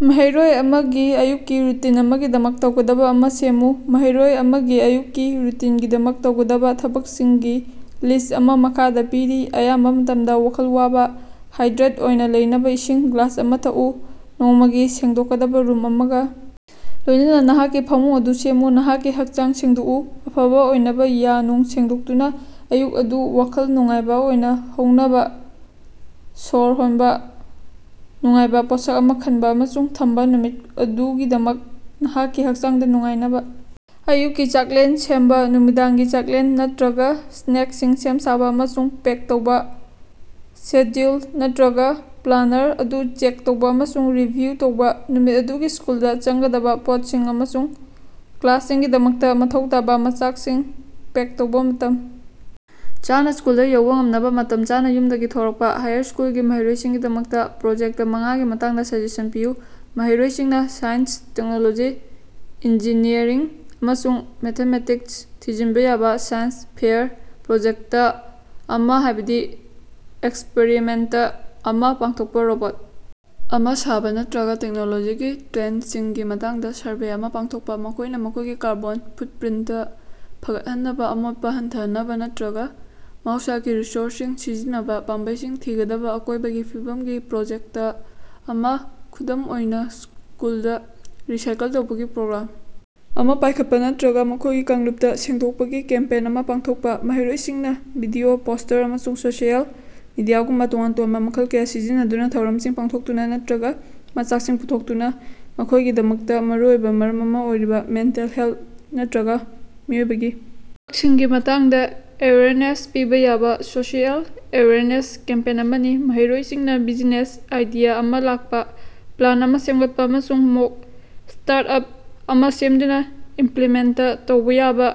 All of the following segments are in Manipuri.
ꯃꯍꯩꯔꯣꯏ ꯑꯃꯒꯤ ꯑꯌꯨꯛꯀꯤ ꯔꯨꯇꯤꯟ ꯑꯃꯒꯤꯗꯃꯛ ꯇꯧꯒꯗꯕ ꯑꯃ ꯁꯦꯝꯃꯨ꯫ ꯃꯍꯩꯔꯣꯏ ꯑꯃꯒꯤ ꯑꯌꯨꯛꯀꯤ ꯔꯨꯇꯤꯟꯒꯤꯗꯃꯛ ꯇꯧꯒꯗꯕꯥ ꯊꯕꯛꯁꯤꯡꯒꯤ ꯂꯤꯁ꯭ꯠ ꯑꯃ ꯃꯈꯥꯗ ꯄꯤꯔꯤ: ꯑꯌꯥꯝꯕꯥ ꯃꯇꯝꯗꯥ ꯋꯥꯈꯜ ꯋꯥꯕꯥ ꯍꯥꯏꯗ꯭ꯔꯦꯠ ꯑꯣꯏꯅꯥ ꯂꯩꯅꯕꯥ ꯏꯁꯤꯡ ꯒ꯭ꯂꯥꯁ ꯑꯃ ꯊꯛꯎ꯫ ꯅꯣꯡꯃꯒꯤ ꯁꯦꯡꯗꯣꯛꯀꯗꯕ ꯔꯨꯝ ꯑꯃꯒ ꯂꯣꯢꯅꯅ ꯅꯍꯥꯛꯀꯤ ꯐꯃꯨꯡ ꯑꯗꯨ ꯁꯦꯝꯃꯨ ꯅꯍꯥꯛꯀꯤ ꯍꯛꯆꯥꯡ ꯁꯦꯡꯗꯣꯛꯎ ꯫ ꯑꯐꯕ ꯑꯣꯏꯅꯕ ꯌꯥ ꯅꯨꯡ ꯁꯦꯡꯗꯣꯛꯇꯨꯅ ꯑꯌꯨꯛ ꯑꯗꯨ ꯋꯥꯈꯜ ꯅꯨꯡꯉꯥꯏꯕ ꯑꯣꯏꯅ ꯍꯧꯅꯕꯥ ꯁꯣꯔ ꯍꯣꯟꯕ ꯅꯨꯡꯉꯥꯏꯕ ꯄꯣꯠꯁꯛ ꯑꯃ ꯈꯟꯕ ꯑꯃꯁꯨꯡ ꯊꯝꯕ ꯅꯨꯃꯤꯠ ꯑꯗꯨꯒꯤꯗꯃꯛ ꯅꯍꯥꯛꯀꯤ ꯍꯛꯆꯥꯡꯗ ꯅꯨꯡꯉꯥꯏꯅꯕ ꯑꯌꯨꯛꯀꯤ ꯆꯥꯛꯂꯦꯟ ꯁꯦꯝꯕ ꯅꯨꯃꯤꯗꯥꯡꯒꯤ ꯆꯥꯛꯂꯦꯟ ꯅꯠꯇ꯭ꯔꯒꯥ ꯁ꯭ꯅꯦꯛꯁꯤꯡ ꯁꯦꯝ-ꯁꯥꯕꯥ ꯑꯃꯁꯨꯡ ꯄꯦꯛ ꯇꯧꯕꯥ ꯁꯦꯗ꯭ꯌꯨꯜ ꯅꯠꯇ꯭ꯔꯒꯥ ꯄ꯭ꯂꯥꯅꯔ ꯑꯗꯨ ꯆꯦꯛ ꯇꯧꯕꯥ ꯑꯃꯁꯨꯡ ꯔꯤꯚꯤꯌꯨ ꯇꯧꯕꯥ꯫ ꯅꯨꯃꯤꯠ ꯑꯗꯨꯒꯤ ꯁ꯭ꯀꯨꯜꯗ ꯆꯪꯒꯗꯕ ꯄꯣꯠꯁꯤꯡ ꯑꯃꯁꯨꯡ ꯀ꯭ꯂꯥꯁꯁꯤꯡꯒꯤꯗꯃꯛꯇ ꯃꯊꯧ ꯇꯥꯕ ꯃꯆꯥꯛꯁꯤꯡ ꯄꯦꯛ ꯇꯧꯕꯥ ꯃꯇꯝ ꯆꯥꯅꯥ ꯁ꯭ꯀꯨꯜꯗꯥ ꯌꯧꯕꯥ ꯉꯝꯅꯕ ꯃꯇꯝ ꯆꯥꯅꯥ ꯌꯨꯝꯗꯒꯤ ꯊꯣꯔꯛꯄꯥ꯫ ꯍꯥꯌꯔ ꯁ꯭ꯀꯨꯜꯒꯤ ꯃꯍꯩꯔꯣꯢꯁꯤꯡꯒꯤꯗꯃꯛꯇ ꯄ꯭ꯔꯣꯖꯦꯛꯇ ꯃꯉꯥꯒꯤ ꯃꯇꯥꯡꯗ ꯁꯖꯦꯁꯟ ꯄꯤꯌꯨ꯫ ꯃꯍꯩꯔꯣꯏꯁꯤꯡꯅ ꯁꯥꯏꯟꯁ, ꯇꯦꯛꯅꯣꯂꯣꯖꯤ, ꯏꯟꯖꯤꯅꯤꯌꯔꯤꯡ ꯑꯃꯁꯨꯡ ꯃꯦꯊꯃꯦꯇꯤꯛꯁ ꯊꯤꯖꯤꯟꯕ ꯌꯥꯕꯥ ꯁꯥꯏꯟꯁ ꯐꯦꯌꯔ ꯄ꯭ꯔꯣꯖꯦꯛꯇ ꯑꯃ ꯍꯥꯢꯕꯗꯤ ꯑꯦꯛꯁꯄꯔꯤꯃꯦꯟꯇ ꯑꯃꯥ ꯄꯥꯡꯊꯣꯛꯄ ꯔꯣꯕꯣꯠ ꯑꯃ ꯁꯥꯕ ꯅꯠꯇ꯭ꯔꯒ ꯇꯦꯛꯅꯣꯂꯣꯖꯤꯒꯤ ꯇ꯭ꯔꯦꯟꯗꯁꯤꯡꯒꯤ ꯃꯇꯥꯡꯗꯥ ꯁꯔꯚꯦ ꯑꯃꯥ ꯄꯥꯡꯊꯣꯛꯄ꯫ ꯃꯈꯣꯢꯅ ꯃꯈꯣꯢꯒꯤ ꯀꯥꯔꯕꯣꯟ ꯐꯨꯠꯄ꯭ꯔꯤꯟꯇ ꯐꯒꯠꯍꯟꯅꯕ ꯑꯃꯣꯠꯄꯥ ꯍꯟꯊꯍꯟꯅꯕ ꯅꯠꯇ꯭ꯔꯒ ꯃꯍꯧꯁꯥꯒꯤ ꯔꯤꯁꯣꯔꯁꯁꯤꯡ ꯁꯤꯖꯤꯟꯅꯕ ꯄꯥꯝꯕꯩꯁꯤꯡ ꯊꯤꯒꯗꯕꯥ ꯑꯀꯣꯢꯕꯒꯤ ꯐꯤꯕꯝꯒꯤ ꯄ꯭ꯔꯣꯖꯦꯛꯇ ꯑꯃꯥ, ꯈꯨꯗꯝ ꯑꯣꯏꯅ ꯁ꯭ꯀꯨꯜꯗ ꯔꯤꯁꯥꯏꯀꯜ ꯇꯧꯕꯒꯤ ꯄ꯭ꯔꯣꯒ꯭ꯔꯥꯝ ꯑꯃ ꯄꯥꯢꯈꯠꯄ ꯅꯠꯇ꯭ꯔꯒꯥ ꯃꯈꯣꯢꯒꯤ ꯀꯥꯡꯂꯨꯞꯇ ꯁꯦꯡꯗꯣꯛꯄꯒꯤ ꯀꯦꯝꯄꯦꯟ ꯑꯃ ꯄꯥꯡꯊꯣꯛꯄꯥ꯫ ꯃꯍꯩꯔꯣꯏꯁꯤꯡꯅꯥ ꯚꯤꯗꯤꯑꯣ, ꯄꯣꯁ꯭ꯇꯔ, ꯑꯃꯁꯨꯡ ꯁꯣꯁꯤꯑꯦꯜ ꯃꯤꯗꯤꯌꯥꯒꯨꯝꯕꯥ ꯇꯣꯉꯥꯟ-ꯇꯣꯉꯥꯟꯕꯥ ꯃꯈꯜ ꯀꯌꯥ ꯁꯤꯖꯤꯟꯅꯗꯨꯅ ꯊꯧꯔꯝꯁꯤꯡ ꯄꯥꯡꯊꯣꯛꯇꯨꯅ ꯅꯠꯇ꯭ꯔꯒꯥ ꯃꯆꯥꯛꯁꯤꯡ ꯄꯨꯊꯣꯛꯇꯨꯅ ꯃꯈꯣꯢꯒꯤꯗꯃꯛꯇ ꯃꯔꯨꯑꯣꯏꯕ ꯃꯔꯝ ꯑꯃ ꯑꯣꯏꯔꯤꯕꯥ ꯃꯦꯟꯇꯦꯜ ꯍꯦꯜꯊ ꯅꯠꯇ꯭ꯔꯒ ꯃꯤꯑꯣꯏꯕꯒꯤ ꯍꯛꯁꯤꯡꯒꯤ ꯃꯇꯥꯡꯗ ꯑꯦꯋꯦꯌꯔꯅꯦꯁ ꯄꯤꯕꯥ ꯌꯥꯕ ꯁꯣꯁꯤꯑꯦꯜ ꯑꯦꯋꯦꯌꯔꯅꯦꯁ ꯀꯦꯝꯄꯦꯟ ꯑꯃꯅꯤ꯫ ꯃꯍꯩꯔꯣꯢꯁꯤꯡꯅ ꯕꯤꯖꯤꯅꯦꯁ ꯑꯥꯏꯗꯤꯌꯥ ꯑꯃ ꯂꯥꯛꯄ ꯄ꯭ꯂꯥꯟ ꯑꯃ ꯁꯦꯝꯒꯠꯄ ꯑꯃꯁꯨꯡ ꯃꯣꯛ ꯁ꯭ꯇꯥꯔꯇꯑꯞ ꯑꯃ ꯁꯦꯝꯗꯨꯅ ꯏꯃꯄ꯭ꯂꯤꯃꯦꯟꯇ ꯇꯧꯕ ꯌꯥꯕꯥ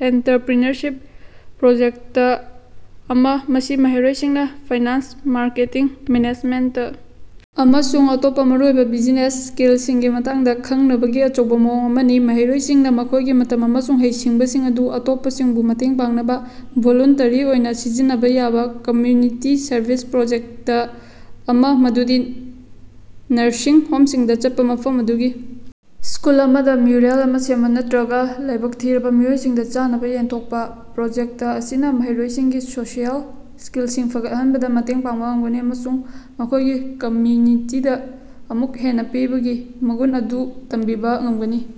ꯑꯦꯟꯇꯔꯄ꯭ꯔꯤꯅꯔꯁꯤꯞ ꯄ꯭ꯔꯣꯖꯦꯛꯇ ꯑꯃ꯫ ꯃꯁꯤ ꯃꯍꯩꯔꯣꯏꯁꯤꯡꯅ ꯐꯥꯏꯅꯥꯟꯁ ꯃꯥꯔꯀꯦꯇꯤꯡ, ꯃꯦꯅꯦꯖꯃꯦꯟꯇ ꯑꯃꯁꯨꯡ ꯑꯇꯣꯞꯄ ꯃꯔꯨꯑꯣꯏꯕ ꯕꯤꯖꯤꯅꯦꯁ ꯁꯀꯤꯜꯁꯤꯡꯒꯤ ꯃꯇꯥꯡꯗ ꯈꯡꯅꯕꯒꯤ ꯑꯆꯧꯕꯥ ꯃꯑꯣꯡ ꯑꯃꯅꯤ꯫ ꯃꯍꯩꯔꯣꯢꯁꯤꯡꯅ ꯃꯈꯣꯢꯒꯤ ꯃꯇꯝ ꯑꯃꯁꯨꯡ ꯍꯩꯁꯤꯡꯕꯁꯤꯡ ꯑꯗꯨ ꯑꯇꯣꯞꯄꯁꯤꯡꯕꯨ ꯃꯇꯦꯡ ꯄꯥꯡꯅꯕ ꯚꯣꯂꯨꯟꯇꯔꯤ ꯑꯣꯏꯅ ꯁꯤꯖꯤꯟꯅꯕ ꯌꯥꯕ ꯀꯝꯃ꯭ꯌꯨꯅꯤꯇꯤ ꯁꯔꯚꯤꯁ ꯄ꯭ꯔꯣꯖꯦꯛꯇ ꯑꯃ ꯃꯗꯨꯗꯤ ꯅꯔꯁꯤꯡ ꯍꯣꯝꯁꯤꯡꯗ ꯆꯠꯄ ꯃꯐꯝ ꯑꯗꯨꯒꯤ ꯁ꯭ꯀꯨꯜ ꯑꯃꯗꯥ ꯃ꯭ꯌꯨꯔꯦꯜ ꯑꯃꯥ ꯁꯦꯝꯕ ꯅꯠꯇ꯭ꯔꯒꯥ ꯂꯥꯏꯕꯛ ꯊꯤꯔꯕ ꯃꯤꯑꯣꯏꯁꯤꯡꯗ ꯆꯥꯅꯕ ꯌꯦꯟꯊꯣꯛꯄ꯫ ꯄ꯭ꯔꯣꯖꯦꯛꯇ ꯑꯁꯤꯅꯥ ꯃꯍꯩꯔꯣꯏꯁꯤꯡꯒꯤ ꯁꯣꯁꯤꯑꯦꯜ ꯁ꯭ꯀꯤꯜꯁꯤꯡ ꯐꯒꯠꯍꯟꯕꯗ ꯃꯇꯦꯡ ꯄꯥꯡꯕ ꯉꯝꯒꯅꯤ ꯑꯃꯁꯨꯡ ꯃꯈꯣꯢꯒꯤ ꯀꯝꯃ꯭ꯌꯨꯅꯤꯇꯤꯗꯥ ꯑꯃꯨꯛ ꯍꯦꯟꯅ ꯄꯤꯕꯒꯤ ꯃꯒꯨꯟ ꯑꯗꯨ ꯇꯝꯕꯤꯕꯥ ꯉꯝꯒꯅꯤ꯫